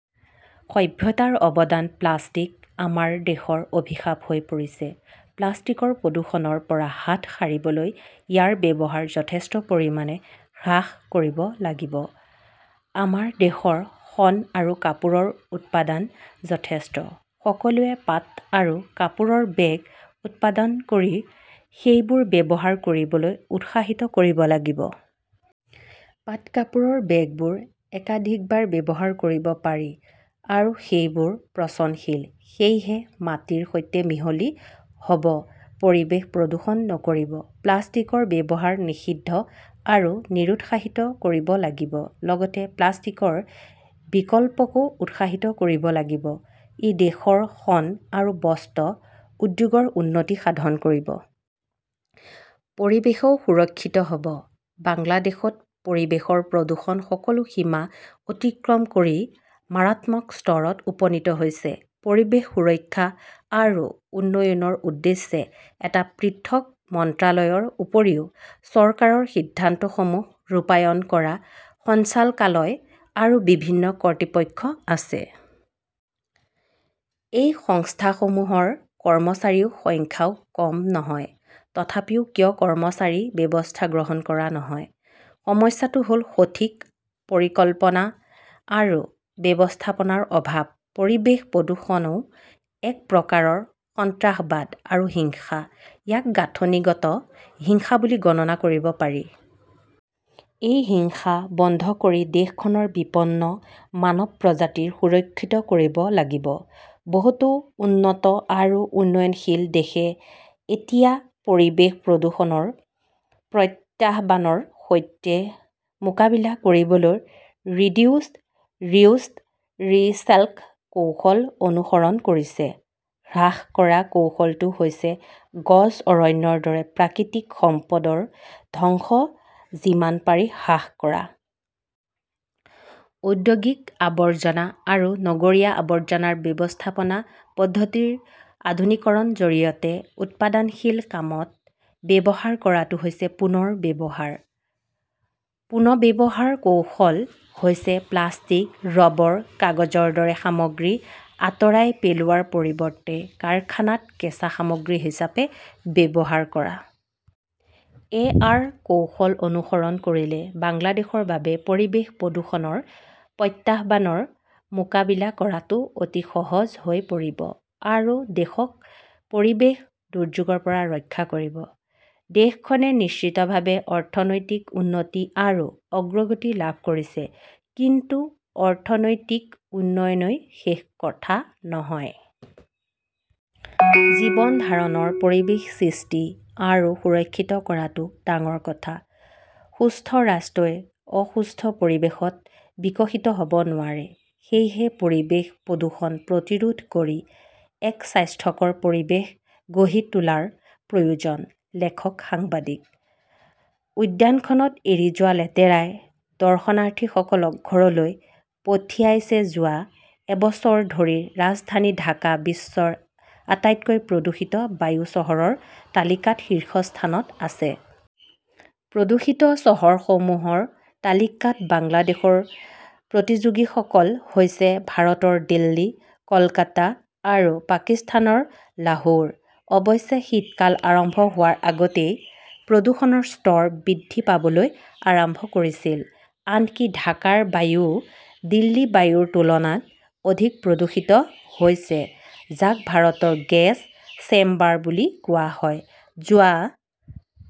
সভ্যতাৰ অৱদান প্লাষ্টিক আমাৰ দেশত অভিশাপ হৈ পৰিছে। প্লাষ্টিকৰ প্ৰদূষণৰ পৰা হাত সাৰিবলৈ ইয়াৰ ব্যৱহাৰ যথেষ্ট পৰিমাণে হ্ৰাস কৰিব লাগিব। আমাৰ দেশত শণ আৰু কাপোৰৰ উৎপাদন যথেষ্ট। সকলোৱে পাট আৰু কাপোৰৰ বেগ উৎপাদন কৰি সেইবোৰ ব্যৱহাৰ কৰিবলৈ উৎসাহিত কৰিব লাগিব। পাট-কাপোৰৰ বেগবোৰ একাধিকবাৰ ব্যৱহাৰ কৰিব পাৰি, আৰু সেইবোৰ পচনশীল, সেয়েহে মাটিৰ সৈতে মিহলি হ 'ব, পৰিৱেশ প্ৰদূষণ নকৰিব। প্লাষ্টিকৰ ব্যৱহাৰ নিষিদ্ধ আৰু নিৰুৎসাহিত কৰিব লাগিব। লগতে প্লাষ্টিকৰ বিকল্পকো উৎসাহিত কৰিব লাগিব। ই দেশৰ শণ আৰু বস্ত্ৰ উদ্যোগৰ উন্নতি সাধন কৰিব। পৰিৱেশও সুৰক্ষিত হ "ব। বাংলাদেশত পৰিৱেশৰ প্ৰদূষণ সকলো সীমা অতিক্ৰম কৰি মাৰাত্মক স্তৰত উপনীত হৈছে। পৰিৱেশ সুৰক্ষা আৰু উন্নয়নৰ উদ্দেশ্যে এটা পৃথক মন্ত্ৰালয়ৰ উপৰিও চৰকাৰৰ সিদ্ধান্তসমূহ ৰূপায়ণ কৰা সঞ্চালকালয় আৰু বিভিন্ন কৰ্তৃপক্ষ আছে। এই সংস্থাসমূহৰ কৰ্মচাৰীৰ সংখ্যাও কম নহয়। তথাপিও কিয় কাৰ্যকৰী ব্যৱস্থা গ্ৰহণ কৰা নহয়? সমস্যাটো হ "ল সঠিক পৰিকল্পনা আৰু ব্যৱস্থাপনাৰ অভাৱ। পৰিৱেশ প্ৰদূষণও এক প্ৰকাৰৰ সন্ত্ৰাসবাদ আৰু হিংসা। ইয়াক গাঁথনিগত হিংসা বুলি বৰ্ণনা কৰিব পাৰি। এই হিংসা বন্ধ কৰি দেশখনৰ বিপন্ন মানৱ প্ৰজাতিক সুৰক্ষিত কৰিব লাগিব। বহুতো উন্নত আৰু উন্নয়নশীল দেশে এতিয়া পৰিৱেশ প্ৰদূষণৰ প্ৰত্যাহ্বানৰ সৈতে মোকাবিলা কৰিবলৈ ৰিডিউছ, ৰিউচ, ৰিচেক্ল কৌশল অনুসৰণ কৰিছে। হ্ৰাস কৰা কৌশলটো হৈছে গছ, অৰণ্যৰ দৰে প্ৰাকৃতিক সম্পদৰ ধ্বংস যিমান পাৰি হ্ৰাস কৰা। ঔদ্যোগিক আৱৰ্জনা আৰু নগৰীয়া আৱৰ্জনা ব্যৱস্থাপনা পদ্ধতিৰ আধুনিকীকৰণৰ জৰিয়তে উৎপাদনশীল কামত ব্যৱহাৰ কৰাটো হৈছে পুনৰ ব্যৱহাৰ। পুনৰ্ব্যৱহাৰ কৌশল হৈছে প্লাষ্টিক, ৰবৰ, কাগজৰ দৰে সামগ্ৰী আঁতৰাই পেলোৱাৰ পৰিৱৰ্তে কাৰখানাত কেঁচা সামগ্ৰী হিচাপে ব্যৱহাৰ কৰা। এ আৰ কৌশল অনুসৰণ কৰিলে বাংলাদেশৰ বাবে পৰিৱেশ প্ৰদূষণৰ প্ৰত্যাহ্বানৰ মোকাবিলা কৰাটো অতি সহজ হৈ পৰিব আৰু দেশক পৰিৱেশ দুৰ্যোগৰ পৰা ৰক্ষা কৰিব। দেশখনে নিশ্চিতভাৱে অৰ্থনৈতিক উন্নতি আৰু অগ্ৰগতি লাভ কৰিছে। কিন্তু অৰ্থনৈতিক উন্নয়নই শেষ কথা নহয়। জীৱন ধাৰণৰ পৰিৱেশ সৃষ্টি আৰু সুৰক্ষিত কৰাটো ডাঙৰ কথা। সুস্থ ৰাষ্ট্ৰই অসুস্থ পৰিৱেশত বিকশিত হ "ব নোৱাৰে। সেয়েহে পৰিৱেশ প্ৰদূষণ প্ৰতিৰোধ কৰি এক স্বাস্থ্যকৰ পৰিৱেশ গঢ়ি তোলাৰ প্ৰয়োজন। লেখকঃ সাংবাদিক। উদ্যানখনত এৰি যোৱা লেতেৰাই দৰ্শনাৰ্থীসকলক ঘৰলৈ পঠিয়াইছেযোৱা এবছৰ ধৰি ৰাজধানী ঢাকা বিশ্বৰ আটাইতকৈ প্ৰদূষিত বায়ু চহৰৰ তালিকাত শীৰ্ষস্থানত আছে। প্ৰদূষিত চহৰসমূহৰ তালিকাত বাংলাদেশৰ প্ৰতিযোগীসকল হৈছে ভাৰতৰ দিল্লী, কলকাতা আৰু পাকিস্তানৰ লাহোৰ। অৱশ্যে, শীতকাল আৰম্ভ হোৱাৰ আগতেই প্ৰদূষণৰ স্তৰ বৃদ্ধি পাবলৈ আৰম্ভ কৰিছিল। আনকি ঢাকাৰ বায়ুও দিল্লীৰ বায়ুৰ তুলনাত অধিক প্ৰদূষিত হৈছে যাক ভাৰতৰ 'গেছ চেম্বাৰ "বুলি কোৱা হয়। যোৱা